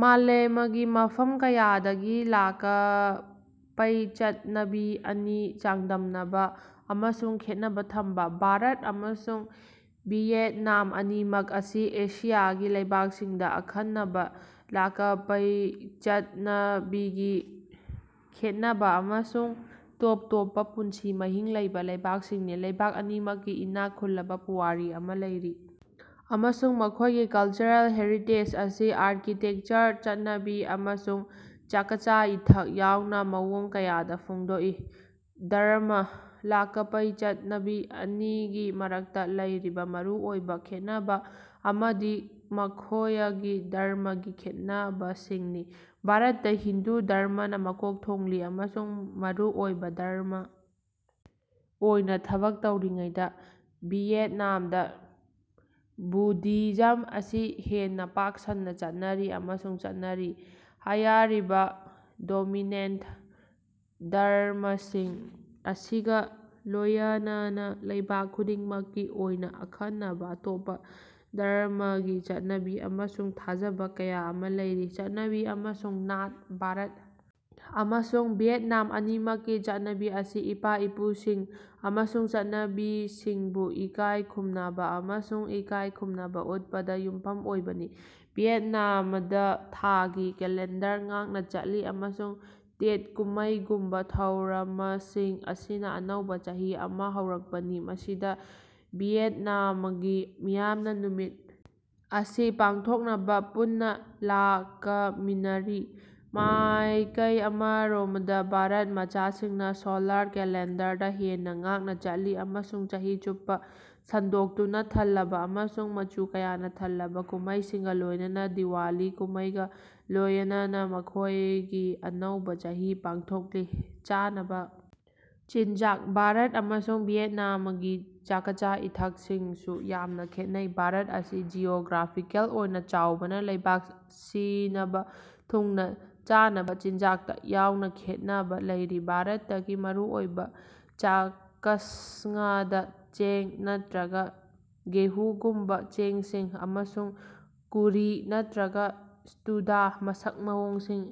ꯃꯥꯂꯦꯃꯒꯤ ꯃꯐꯝ ꯀꯌꯥꯗꯒꯤ ꯂꯥꯀꯄꯥꯪꯆꯠꯅꯕꯤ ꯑꯅꯤ ꯆꯥꯡꯗꯝꯅꯕꯥ ꯑꯃꯁꯨꯡ ꯈꯦꯠꯅꯕꯥ ꯊꯝꯕꯥ: ꯚꯥꯔꯠ ꯑꯃꯁꯨꯡ ꯚꯤꯌꯦꯠꯅꯥꯝ ꯑꯅꯤꯃꯛ ꯑꯁꯤ ꯑꯦꯁꯤꯌꯥꯒꯤ ꯂꯩꯕꯥꯛꯁꯤꯡꯗꯥ ꯑꯈꯟꯅꯕꯥ ꯂꯥꯀꯄꯥꯪꯆꯠꯅꯕꯤꯒꯤ ꯈꯦꯠꯅꯕꯥ ꯑꯃꯁꯨꯡ ꯇꯣꯞ ꯇꯣꯞꯄꯥ ꯄꯨꯟꯁꯤ ꯃꯍꯤꯡ ꯂꯩꯕꯥ ꯂꯩꯕꯥꯛꯁꯤꯡꯅꯤ꯫ ꯂꯩꯕꯥꯛ ꯑꯅꯤꯃꯛꯀꯤ ꯏꯅꯥꯛ ꯈꯨꯜꯂꯕꯥ ꯄꯨꯋꯥꯔꯤ ꯑꯃꯥ ꯂꯩꯔꯤ ꯑꯃꯁꯨꯡ ꯃꯈꯣꯏꯒꯤ ꯀꯜꯆꯔꯦꯜ ꯍꯦꯔꯤꯇꯦꯖ ꯑꯁꯤ ꯑꯥꯔꯀꯤꯇꯦꯀꯆꯔ, ꯆꯠꯅꯕꯤ, ꯑꯃꯁꯨꯡ ꯆꯥꯀꯆꯥ-ꯏꯊꯛ ꯌꯥꯎꯅꯥ ꯃꯑꯣꯡ ꯀꯌꯥꯗꯥ ꯐꯣꯡꯗꯣꯛꯏ꯫ ꯙꯔꯝꯃ: ꯂꯥꯀꯄꯥꯪꯆꯠꯅꯕꯤ ꯑꯅꯤꯒꯤ ꯃꯔꯛꯇꯥ ꯂꯩꯔꯤꯕꯥ ꯃꯔꯨ ꯑꯣꯏꯕꯥ ꯈꯦꯠꯅꯕꯥ ꯑꯃꯗꯤ ꯃꯈꯣꯌꯒꯤ ꯙꯔꯝꯃꯒꯤ ꯆꯠꯅꯕꯤꯁꯤꯡꯅꯤ꯫ ꯚꯥꯔꯠꯇꯥ ꯍꯤꯟꯗꯨ ꯙꯔꯝꯃꯅꯥ ꯃꯀꯣꯛ ꯊꯣꯡꯂꯤ ꯑꯃꯁꯨꯡ ꯃꯔꯨꯑꯣꯏꯕꯥ ꯙꯔꯝꯃ ꯑꯣꯏꯅꯥ ꯊꯕꯛ ꯇꯧꯔꯤꯉꯩꯗꯥ, ꯚꯤꯌꯦꯠꯅꯥꯝꯗꯥ ꯕꯨꯙꯤꯖꯝ ꯑꯁꯤ ꯍꯦꯟꯅꯥ ꯄꯥꯛ ꯁꯟꯅꯥ ꯆꯠꯅꯔꯤ ꯑꯃꯁꯨꯡ ꯆꯠꯅꯔꯤ꯫ ꯍꯥꯌꯔꯤꯕꯥ ꯗꯣꯃꯤꯅꯦꯟꯇ ꯙꯔꯝꯃꯁꯤꯡ ꯑꯁꯤꯒꯥ ꯂꯣꯌꯅꯅꯥ ꯂꯩꯕꯥꯛ ꯈꯨꯗꯤꯡꯃꯛꯀꯤ ꯑꯣꯏꯅꯥ ꯑꯈꯟꯅꯕꯥ ꯑꯇꯣꯞꯄꯥ ꯙꯔꯝꯃꯒꯤ ꯆꯠꯅꯕꯤ ꯑꯃꯁꯨꯡ ꯊꯥꯖꯕꯥ ꯀꯌꯥ ꯑꯃꯥ ꯂꯩꯔꯤ꯫ ꯆꯠꯅꯕꯤ ꯑꯃꯁꯨꯡ ꯅꯥꯠ: ꯚꯥꯔꯠ ꯑꯃꯁꯨꯡ ꯚꯤꯌꯦꯠꯅꯥꯝ ꯑꯅꯤꯃꯛꯀꯤ ꯆꯠꯅꯕꯤ ꯑꯁꯤ ꯏꯄꯥ-ꯏꯄꯨꯁꯤꯡ ꯑꯃꯁꯨꯡ ꯆꯠꯅꯕꯤꯁꯤꯡꯕꯨ ꯏꯀꯥꯌ ꯈꯨꯝꯅꯕꯥ ꯑꯃꯁꯨꯡ ꯏꯀꯥꯌꯈꯨꯝꯅꯕꯥ ꯎꯠꯄꯗꯥ ꯌꯨꯝꯐꯝ ꯑꯣꯏꯕꯅꯤ꯫ ꯚꯤꯌꯦꯠꯅꯥꯃꯗꯥ ꯊꯥꯒꯤ ꯀꯦꯂꯦꯟꯗꯔ ꯉꯥꯛꯅꯥ ꯆꯠꯂꯤ ꯑꯃꯁꯨꯡ ꯇꯦꯠ ꯀꯨꯝꯃꯩꯒꯨꯝꯕꯥ ꯊꯧꯔꯃꯁꯤꯡ ꯑꯁꯤꯅꯥ ꯑꯅꯧꯕꯥ ꯆꯍꯤ ꯑꯃꯥ ꯍꯧꯔꯛꯄꯅꯤ, ꯃꯁꯤꯗꯥ ꯚꯤꯌꯦꯠꯅꯥꯃꯒꯤ ꯃꯤꯌꯥꯝꯅꯥ ꯅꯨꯃꯤꯠ ꯑꯁꯤ ꯄꯥꯡꯊꯣꯛꯅꯕꯥ ꯄꯨꯟꯅꯥ ꯂꯥꯀꯃꯤꯟꯅꯔꯤ꯫ ꯃꯥꯌꯀꯩ ꯑꯃꯔꯣꯃꯗꯥ ꯚꯥꯔꯠ ꯃꯆꯥ ꯁꯤꯡꯅꯥ ꯁꯣꯂꯥꯔ ꯀꯦꯂꯦꯟꯗꯔꯗꯥ ꯍꯦꯟꯅꯥ ꯉꯥꯛꯅꯥ ꯆꯠꯂꯤ ꯑꯃꯁꯨꯡ ꯆꯍꯤ ꯆꯨꯞꯄꯥ ꯁꯟꯗꯣꯛꯇꯨꯅꯥ ꯊꯜꯂꯕꯥ ꯑꯃꯁꯨꯡ ꯃꯆꯨ ꯀꯌꯥꯅꯥ ꯊꯜꯂꯕꯥ ꯀꯨꯝꯃꯩꯁꯤꯡꯒꯥ ꯂꯣꯌꯅꯅꯥ ꯗꯤꯋꯥꯂꯤ ꯀꯨꯝꯃꯩꯒꯥ ꯂꯣꯌꯅꯅꯥ ꯃꯈꯣꯌꯒꯤ ꯑꯅꯧꯕꯥ ꯆꯍꯤ ꯄꯥꯡꯊꯣꯛꯂꯤ꯫ ꯆꯥꯅꯕꯥ ꯆꯤꯟꯖꯥꯛ: ꯚꯥꯔꯠ ꯑꯃꯁꯨꯡ ꯚꯤꯌꯦꯠꯅꯥꯃꯒꯤ ꯆꯥꯀꯆꯥ-ꯏꯊꯀꯁꯤꯡꯁꯨ ꯌꯥꯝꯅꯥ ꯈꯦꯠꯅꯩ꯫ ꯚꯥꯔꯠ ꯑꯁꯤ ꯖꯤꯑꯣꯒ꯭ꯔꯥꯐꯤꯀꯦꯜ ꯑꯣꯏꯅꯥ ꯆꯥꯎꯕꯅꯥ ꯂꯩꯕꯥꯛ ꯁꯤꯅꯕꯥ ꯊꯨꯡꯅꯥ ꯆꯥꯅꯕꯥ ꯆꯤꯟꯖꯥꯛꯇꯥ ꯆꯥꯎꯅꯥ ꯈꯦꯠꯅꯕꯥ ꯂꯩꯔꯤ꯫ ꯚꯥꯔꯇꯀꯤ ꯃꯔꯨꯑꯣꯏꯕꯥ ꯆꯥꯀꯁꯉꯗꯥ ꯆꯦꯡ ꯅꯠꯇ꯭ꯔꯒꯥ ꯒꯦꯍꯨꯒꯨꯝꯕꯥ ꯆꯦꯡꯁꯤꯡ, ꯑꯃꯁꯨꯡ ꯀꯨꯔꯤ ꯅꯠꯇ꯭ꯔꯒꯥ ꯁ꯭ꯇꯨꯗꯥ ꯃꯁꯛ ꯃꯑꯣꯡꯁꯤꯡ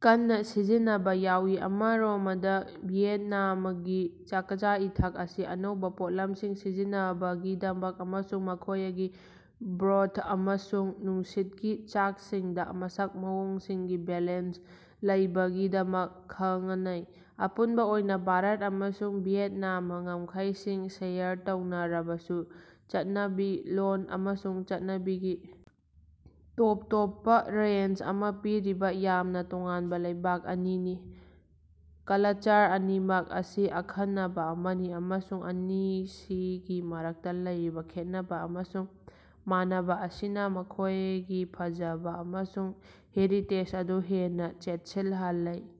ꯀꯟꯅꯥ ꯁꯤꯖꯤꯟꯅꯕꯥ ꯌꯥꯎꯏ꯫ ꯑꯃꯔꯣꯃꯗꯥ ꯚꯤꯌꯦꯠꯅꯥꯃꯒꯤ ꯆꯥꯀꯆꯥ-ꯏꯊꯛ ꯑꯁꯤ ꯑꯅꯧꯕꯥ ꯄꯣꯠꯂꯝꯁꯤꯡ ꯁꯤꯖꯤꯟꯅꯕꯒꯤꯗꯃꯛ ꯑꯃꯁꯨꯡ ꯃꯈꯣꯌꯒꯤ ꯕ꯭ꯔꯣꯊ ꯑꯃꯁꯨꯡ ꯅꯨꯡꯁꯤꯠꯀꯤ ꯆꯥꯛꯁꯤꯡꯗꯥ ꯃꯁꯛ ꯃꯑꯣꯡꯁꯤꯡꯒꯤ ꯕꯦꯂꯦꯟꯁ ꯂꯩꯕꯒꯤꯗꯃꯛ ꯈꯉꯅꯩ꯫ ꯑꯄꯨꯟꯕꯥ ꯑꯣꯏꯅꯥ ꯚꯥꯔꯠ ꯑꯃꯁꯨꯡ ꯚꯤꯌꯦꯠꯅꯥꯝꯅꯥ ꯉꯝꯈꯩꯁꯤꯡ ꯁꯦꯌꯔ ꯇꯧꯅꯔꯕꯁꯨ, ꯆꯠꯅꯕꯤ, ꯂꯣꯜ ꯑꯃꯁꯨꯡ ꯆꯠꯅꯕꯤꯒꯤ ꯇꯣꯞ ꯇꯣꯞꯄꯥ ꯔꯦꯟꯖ ꯑꯃꯥ ꯄꯤꯔꯤꯕꯥ ꯌꯥꯝꯅꯥ ꯇꯣꯉꯥꯟꯕꯥ ꯂꯩꯕꯥꯛ ꯑꯅꯤꯅꯤ꯫ ꯀꯂꯆꯔ ꯑꯅꯤꯃꯛ ꯑꯁꯤ ꯑꯈꯟꯅꯕꯥ ꯑꯃꯅꯤ, ꯑꯃꯁꯨꯡ ꯑꯅꯤꯁꯤꯒꯤ ꯃꯔꯛꯇꯥ ꯂꯩꯔꯤꯕꯥ ꯈꯦꯠꯅꯕꯥ ꯑꯃꯁꯨꯡ ꯃꯥꯟꯅꯕꯥ ꯑꯁꯤꯅꯥ ꯃꯈꯣꯌꯒꯤ ꯐꯖꯕꯥ ꯑꯃꯁꯨꯡ ꯍꯦꯔꯤꯇꯦꯖ ꯑꯗꯨ ꯍꯦꯟꯅꯥ ꯆꯦꯠꯁꯤꯂꯍꯜꯂꯤ꯫